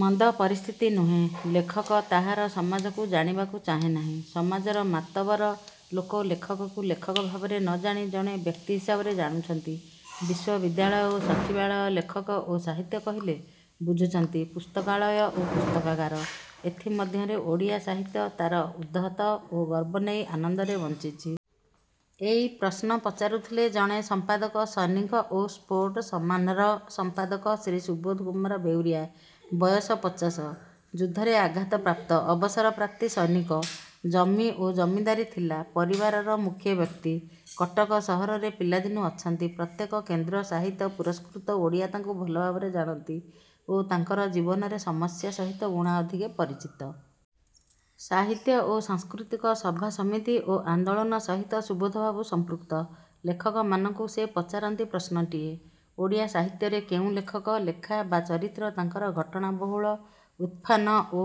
ମନ୍ଦ ପରିସ୍ଥିତି ନୁହେଁ। ଲେଖକ ତାହାର ସମାଜକୁ ଜାଣିବାକୁ ଚାହେଁ ନାହିଁ। ସମାଜର ମାତବର ଲୋକ ଲେଖକକୁ ଲେଖକ ଭାବରେ ନ ଜାଣି ଜଣେ ବ୍ୟକ୍ତି ହିସାବରେ ଜାଣୁଛନ୍ତି। ବିଶ୍ୱବିଦ୍ୟାଳୟ ଓ ସଚିବାଳୟ ଲେଖକ ଓ ସାହିତ୍ୟ କହିଲେ ବୁଝୁଛନ୍ତି ପୁସ୍ତକାଳୟ ଓ ପୁସ୍ତକାଗାର। ଏଥି ମଧ୍ୟରେ ଓଡ଼ିଆ ସାହିତ୍ୟ ତା'ର ଉଦ୍ଧତ ଓ ଗର୍ବ ନେଇ ଆନନ୍ଦରେ ବଞ୍ଚିଛି। ଏଇ ପ୍ରଶ୍ନ ପଚାରୁଥିଲେ ଜଣେ ସମ୍ପାଦକ ସୈନିକ ଓ ସ୍ପୋଟସମାନ୍ର ସମ୍ପାଦକ ଶ୍ରୀ ସୁବୋଧ କୁମାର ବେଉରିଆ। ବୟସ ପଚାଶ। ଯୁଦ୍ଧରେ ଆଘାତ ପ୍ରାପ୍ତ-ଅବସର ପ୍ରାପ୍ତି ସୈନିକ। ଜମି ଓ ଜମିଦାରୀ ଥିଲା। ପରିବାରର ମୁଖ୍ୟ ବ୍ୟକ୍ତି। କଟକ ସହରରେ ପିଲାଦିନୁ ଅଛନ୍ତି। ପ୍ରତ୍ୟେକ କେନ୍ଦ୍ର-ସାହିତ୍ୟ-ପୁରସ୍କୃତ ଓଡ଼ିଆ ତାଙ୍କୁ ଭଲ ଭାବରେ ଜାଣନ୍ତି ଓ ତାଙ୍କର ଜୀବନରେ ସମସ୍ୟା ସହିତ ଊଣା ଅଧିକେ ପରିଚିତ। ସାହିତ୍ୟ ଓ ସାଂସ୍କୃତିକ ସଭାସମିତି ଓ ଆନ୍ଦୋଳନ ସହିତ ସୁବୋଧବାବୁ ସମ୍ପୃକ୍ତ। ଲେଖକମାନଙ୍କୁ ସେ ପଚାରନ୍ତି ପ୍ରଶ୍ନଟିଏ-ଓଡ଼ିଆ ସାହିତ୍ୟରେ କେଉଁ ଲେଖକ, ଲେଖା ବା ଚରିତ୍ର ତାଙ୍କର ଘଟଣା ବହୁଳ ଉତ୍ଥାନ ଓ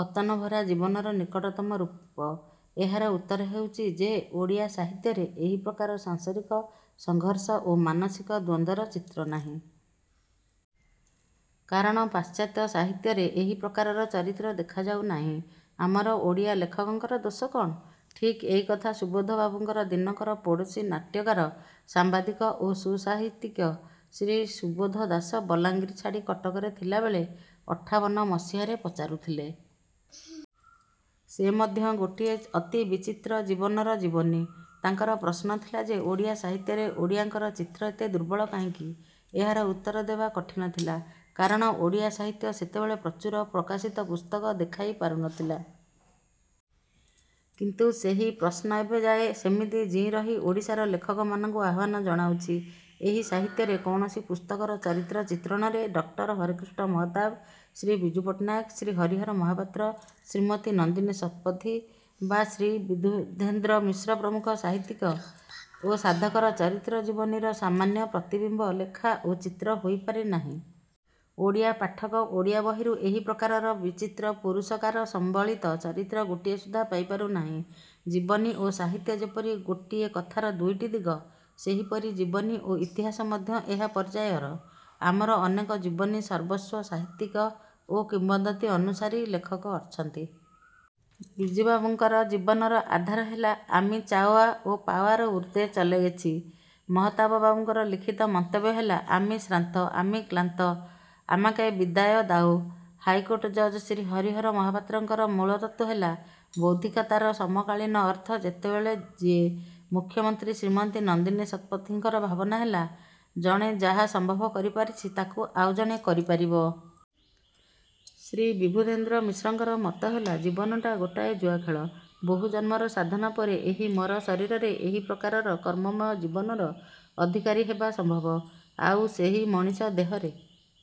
ପତନଭରା ଜୀବନର ନିକଟତମ ରୂପ? ଏହାର ଉତ୍ତର ହେଉଛି ଯେ ଓଡ଼ିଆ ସାହିତ୍ୟରେ ଏହିପ୍ରକାରର ସାଂସାରିକ ସଘର୍ଷ ଓ ମାନସିକ ଦ୍ୱନ୍ଦର ଚିତ୍ର ନାହିଁ। କାରଣ ପାଶ୍ଚାତ୍ୟ ସାହିତ୍ୟରେ ଏହି ପ୍ରକାରର ଚରିତ୍ର ଦେଖାଯାଉ ନାହିଁ। ଆମର ଓଡ଼ିଆ ଲେଖକଙ୍କର ଦୋଷ କ'ଣ? ଠିକ୍ ଏଇ କଥା ସୁବୋଧ ବାବୁଙ୍କର ଦିନକର ପଡ଼ୋଶୀ ନାଟ୍ୟକାର, ସମ୍ବାଦିକ ଓ ସୁସାହିତ୍ୟିକ ଶ୍ରୀ ସୁବୋଧ ଦାସ ବଲଙ୍ଗୀର ଛାଡ଼ି କଟକରେ ଥିଲାବେଳେ ଅଠାବନ ମସିହାରେ ପଚାରୁଥିଲେ। ସେ ମଧ୍ୟ ଗୋଟିଏ ଅତି ବିଚିତ୍ର ଜୀବନର ଜୀବନୀ। ତାଙ୍କର ପ୍ରଶ୍ନ ଥିଲା ଯେ ଓଡ଼ିଆ ସାହିତ୍ୟରେ ଓଡ଼ିଆଙ୍କର ଚିତ୍ର ଏତେ ଦୂର୍ବଳ କାହିଁକି? ଏହାର ଉତ୍ତର ଦେବା କଠିନ ଥିଲା। କାରଣ ଓଡ଼ିଆ ସାହିତ୍ୟ ସେତେବେଳେ ପ୍ରଚୁର ପ୍ରକାଶିତ ପୁସ୍ତକ ଦେଖାଇ ପାରୁ ନ ଥିଲା। କିନ୍ତୁ ସେହି ପ୍ରଶ୍ନ ଏବେଯାଏ ସେମିତି ଜୀଇଁରହି ଓଡ଼ିଶାର ଲେଖକମାନଙ୍କୁ ଆହ୍ୱାନ ଜଣାଉଛି। ଏହି ସାହିତ୍ୟରେ କୌଣସି ପୁସ୍ତକର ଚରିତ୍ର ଚିନ୍ତ୍ରଣରେ ଡକ୍ଟର ହରେକୃଷ୍ଣ ମହତାବ, ଶ୍ରୀ ବିଜୁ ପଟ୍ଟନାୟକ, ଶ୍ରୀ ହରିହର ମହାପାତ୍ର, ଶ୍ରୀମତୀ ନନ୍ଦିନୀ ଶତପଥୀ ବା ଶ୍ରୀ ବିବୁଧେନ୍ଦ୍ର ମିଶ୍ର ପ୍ରମୁଖ ସାହିତ୍ୟିକ ଓ ସାଧକର ବିଚିତ୍ର ଜୀବନୀର ସାମାନ୍ୟ ପ୍ରତିବିମ୍ବ ଲେଖା ଓ ଚିତ୍ର ହୋଇ ପାରି ନାହିଁ। ଓଡ଼ିଆ ପାଠକ ଓଡ଼ିଆ ବହିରୁ ଏହି ପ୍ରକାରର ବିଚିତ୍ର ପୁରୁଷକାର ସମ୍ବଳିତ ଚରିତ୍ର ଗୋଟିଏ ସୁଦ୍ଧା ପାଇପାରୁ ନାହିଁ। ଜୀବନୀ ଓ ସାହିତ୍ୟ ଯେପରି ଗୋଟିଏ କଥାର ଦୁଇଟି ଦିଗ ସେହିପରି ଜୀବନୀ ଓ ଇତିହାସ ମଧ୍ୟ ଏକା ପର୍ଯ୍ୟାୟର। ଆମର ଅନେକ ଜୀବନୀ-ସର୍ବସ୍ୱ ସାହିତ୍ୟିକ ଓ କିମ୍ବଦନ୍ତୀ-ଅନୁସାରୀ ଲେଖକ ଅଛନ୍ତି। ବିଜୁବାବୁଙ୍କର ଜୀବନର ଆଧାର ହେଲା-ଆମି ଚାଓଆ ଓ ପାଓଆର ଊର୍ଦ୍ଧ୍ୱେ ଚଲେଗେଛି। ମହତାବବାବୁଙ୍କର ଲିଖିତ ମନ୍ତବ୍ୟ ହେଲା-ଆମି ଶ୍ରାନ୍ତ, ଆମି କ୍ଳାନ୍ତ, ଆମାକେ ବିଦାୟ ଦାଓ। ହାଇକୋଟ ଜଜ୍ ଶ୍ରୀ ହରିହର ମହାପାତ୍ରଙ୍କର ମୂଳତତ୍ତ୍ୱ ହେଲା-ବୌଦ୍ଧିକତାର ସମକାଳୀନ ଅର୍ଥ ଯେତେବେଳେ ଯିଏ। ମୁଖ୍ୟମନ୍ତ୍ରୀ ଶ୍ରୀମତୀ ନନ୍ଦିନୀ ଶତପଥୀଙ୍କର ଭାବନା ହେଲା-ଜଣେ ଯାହା ସମ୍ଭବ କରିପାରିଛି ତା'କୁ ଆଉ ଜଣେ କରିପାରିବ। ଶ୍ରୀ ବିବୁଧେନ୍ଦ୍ର ମିଶ୍ରଙ୍କର ମତ ହେଲା-ଜୀବନଟା ଗୋଟାଏ ଜୁଆଖେଳ। ବହୁ ଜନ୍ମର ସାଧନା ପରେ ଏହି ମର ଶରୀରରେ ଏହି ପ୍ରକାରର କର୍ମମୟ ଜୀବନର ଅଧିକାରୀ ହେବା ସମ୍ଭବ। ଆଉ ସେହି ମଣିଷ ଦେହରେ